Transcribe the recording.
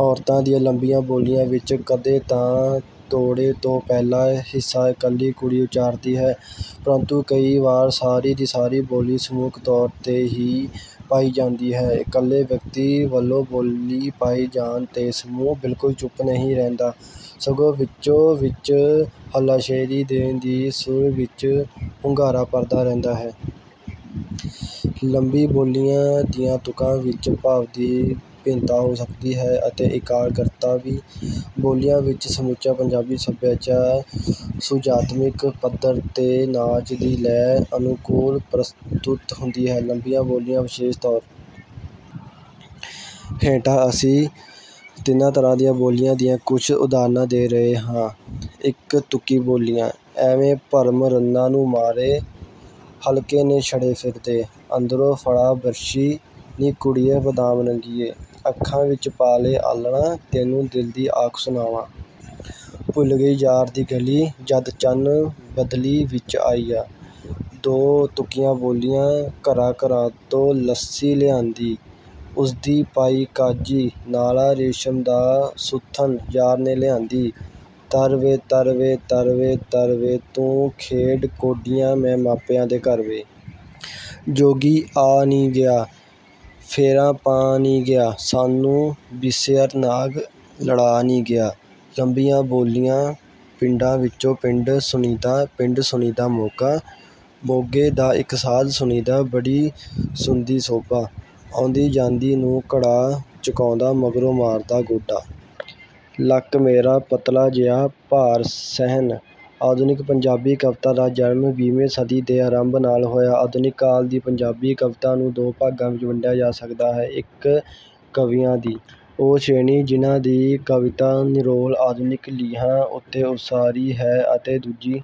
ਔਰਤਾਂ ਦੀਆਂ ਲੰਮੀਆਂ ਬੋਲੀਆਂ ਵਿਚ ਕਦੇ ਤਾਂ ਤੋੜੇ ਤੋਂ ਪਹਿਲਾ ਹਿੱਸਾ ਇਕੱਲੀ ਕੁੜੀ ਉਚਾਰਦੀ ਹੈ ਪਰੰਤੂ ਕਈ ਵਾਰ ਸਾਰੀ ਦੀ ਸਾਰੀ ਬੋਲੀ ਸਮੂਹਿਕ ਤੌਰ ਤੇ ਹੀ ਪਾਈ ਜਾਂਦੀ ਹੈ। ਇਕੱਲੇ ਵਿਅਕਤੀ ਵਲੋਂ ਬੋਲੀ ਪਾਏ ਜਾਣ ਤੇ ਸਮੂਹ ਬਿਲਕੁਲ ਚੁੱਪ ਨਹੀਂ ਰਹਿੰਦਾ ਸਗੋਂ ਵਿਚੋ ਵਿਚ ਹਲਾਸ਼ੇਰੀ ਦੇਣ ਦੀ ਸੁਰ ਵਿਚ ਹੁੰਗਾਰਾ ਭਰਦਾ ਰਹਿੰਦਾ ਹੈ। ਲੰਮੀ ਬੋਲੀਆਂ ਦੀਆਂ ਤੁਕਾਂ ਵਿਚ ਭਾਵ ਦੀ ਭਿੰਨਤਾ ਹੋ ਸਕਦੀ ਹੈ ਅਤੇ ਇਕਾਗਰਤਾ ਵੀ। ਬੋਲੀਆਂ ਵਿਚ ਸਮੁੱਚਾ ਪੰਜਾਬੀ ਸਭਿਆਚਾਰ ਸੁਹਜਾਤਮਕ ਪੱਧਰ ਤੇ ਨਾਚ ਦੀ ਲੈਅ ਅਨੁਕੂਲ ਪ੍ਰਸਤੁਤ ਹੁੰਦੀ ਹੈ। ਲੰਮੀਆਂ ਬੋਲੀਆਂ ਵਿਸ਼ੇਸ਼ ਤੌਰ ਹੇਠਾਂ ਅਸੀਂ ਤਿੰਨੋਂ ਤਰ੍ਹਾਂ ਦੀਆਂ ਬੋਲੀਆਂ ਦੀਆਂ ਕੁਝ ਉਦਾਹਣਾਂ ਦੇ ਰਹੇ ਹਾਂ। ਇਕ ਤੁਕੀ ਬੋਲੀਆਂ, ਐਵੇਂ ਭਰਮ ਰੰਨਾਂ ਨੂੰ ਮਾਰੇ ਹਲਕੇ ਨੇ ਛੜੇ ਫਿਰਦੇ। ਅੰਦਰੋਂ ਫੜਾ ਬਰਛੀ ਨੀ ਕੁੜੀਏ ਬਦਾਮ ਰੰਗੀਏ। ਅੱਖਾਂ ਵਿਚ ਪਾ ਲੈ ਆਲ੍ਹਣਾ, ਤੈਨੂੰ ਦਿਲ ਦੀ ਆਖ ਸੁਣਾਵਾਂ। ਭੁੱਲ ਗਈ ਯਾਰ ਦੀ ਗਲ਼ੀ, ਜਦ ਚੰਨ ਬਦਲੀ ਵਿਚ ਆਇਆ। ਦੋ ਤੁਕੀਆ ਬੋਲੀਆਂ, ਘਰਾਂ ਘਰਾਂ ਤੋਂ ਲੱਸੀ ਲਿਆਂਦੀ, ਉਸਦੀ ਪਾਈ ਕਾਂਜੀ, ਨਾਲਾ ਰੇਸ਼ਮ ਦਾ ਸੁੱਥਣ ਯਾਰ ਨੇ ਲਿਆਂਦੀ। ਤਰ ਵੇ ਤਰ ਵੇ ਤਰ ਵੇ ਤਰ ਵੇ, ਤੂੰ ਖੇਡ ਕੌਡੀਆਂ ਮੈਂ ਮਾਪਿਆਂ ਦੇ ਘਰ ਵੇ। ਜੋਗੀ ਆ ਨੀ ਗਿਆ, ਫੇਰਾ ਪਾ ਨੀ ਗਿਆ, ਸਾਨੂੰ ਬਿਸੀਅਰ ਨਾਗ ਲੜਾ ਨੀ ਗਿਆ। ਲੰਮੀਆਂ ਬੋਲੀਆਂ, ਪਿੰਡਾਂ ਵਿਚੋਂ ਪਿੰਡ ਸੁਣੀਦਾ ਪਿੰਡ ਸੁਣੀਂਦਾ ਮੋਗਾ, ਮੋਗੇ ਦਾ ਇਕ ਸਾਧ ਸੁਣੀਂਦਾ ਬੜੀ ਸੁਣੀਂਦੀ ਸੋਭਾ। ਆਉਂਦੀ ਜਾਂਦੀ ਨੂੰ ਘੜਾ ਚਕਾਉਂਦਾ ਮਗਰੋਂ ਮਾਰਦਾ ਗੋਡਾ। ਲੱਕ ਮੇਰਾ ਪਤਲਾ ਜਿਹਾ ਭਾਰ ਸਹਿਣ। ਆਧੁਨਿਕ ਪੰਜਾਬੀ ਕਵਿਤਾ ਦਾ ਜਨਮ ਵੀਹਵੀਂ ਸਦੀ ਦੇ ਆਰੰਭ ਨਾਲ ਹੋਇਆ। ਆਧੁਨਿਕ ਕਾਲ ਦੀ ਪੰਜਾਬੀ ਕਵਿਤਾ ਨੂੰ ਦੋ ਭਾਗਾਂ ਵਿੱਚ ਵੰਡਿਆ ਜਾ ਸਕਦਾ ਹੈ। ਇੱਕ ਕਵੀਆਂ ਦੀ ਉਹ ਸ਼੍ਰੇਣੀ ਜਿਹਨਾਂ ਦੀ ਕਵਿਤਾ ਨਿਰੋਲ ਆਧੁਨਿਕ ਲੀਹਾਂ ਉੱਤੇ ਉਸਾਰੀ ਹੈ, ਅਤੇ ਦੂਜੀ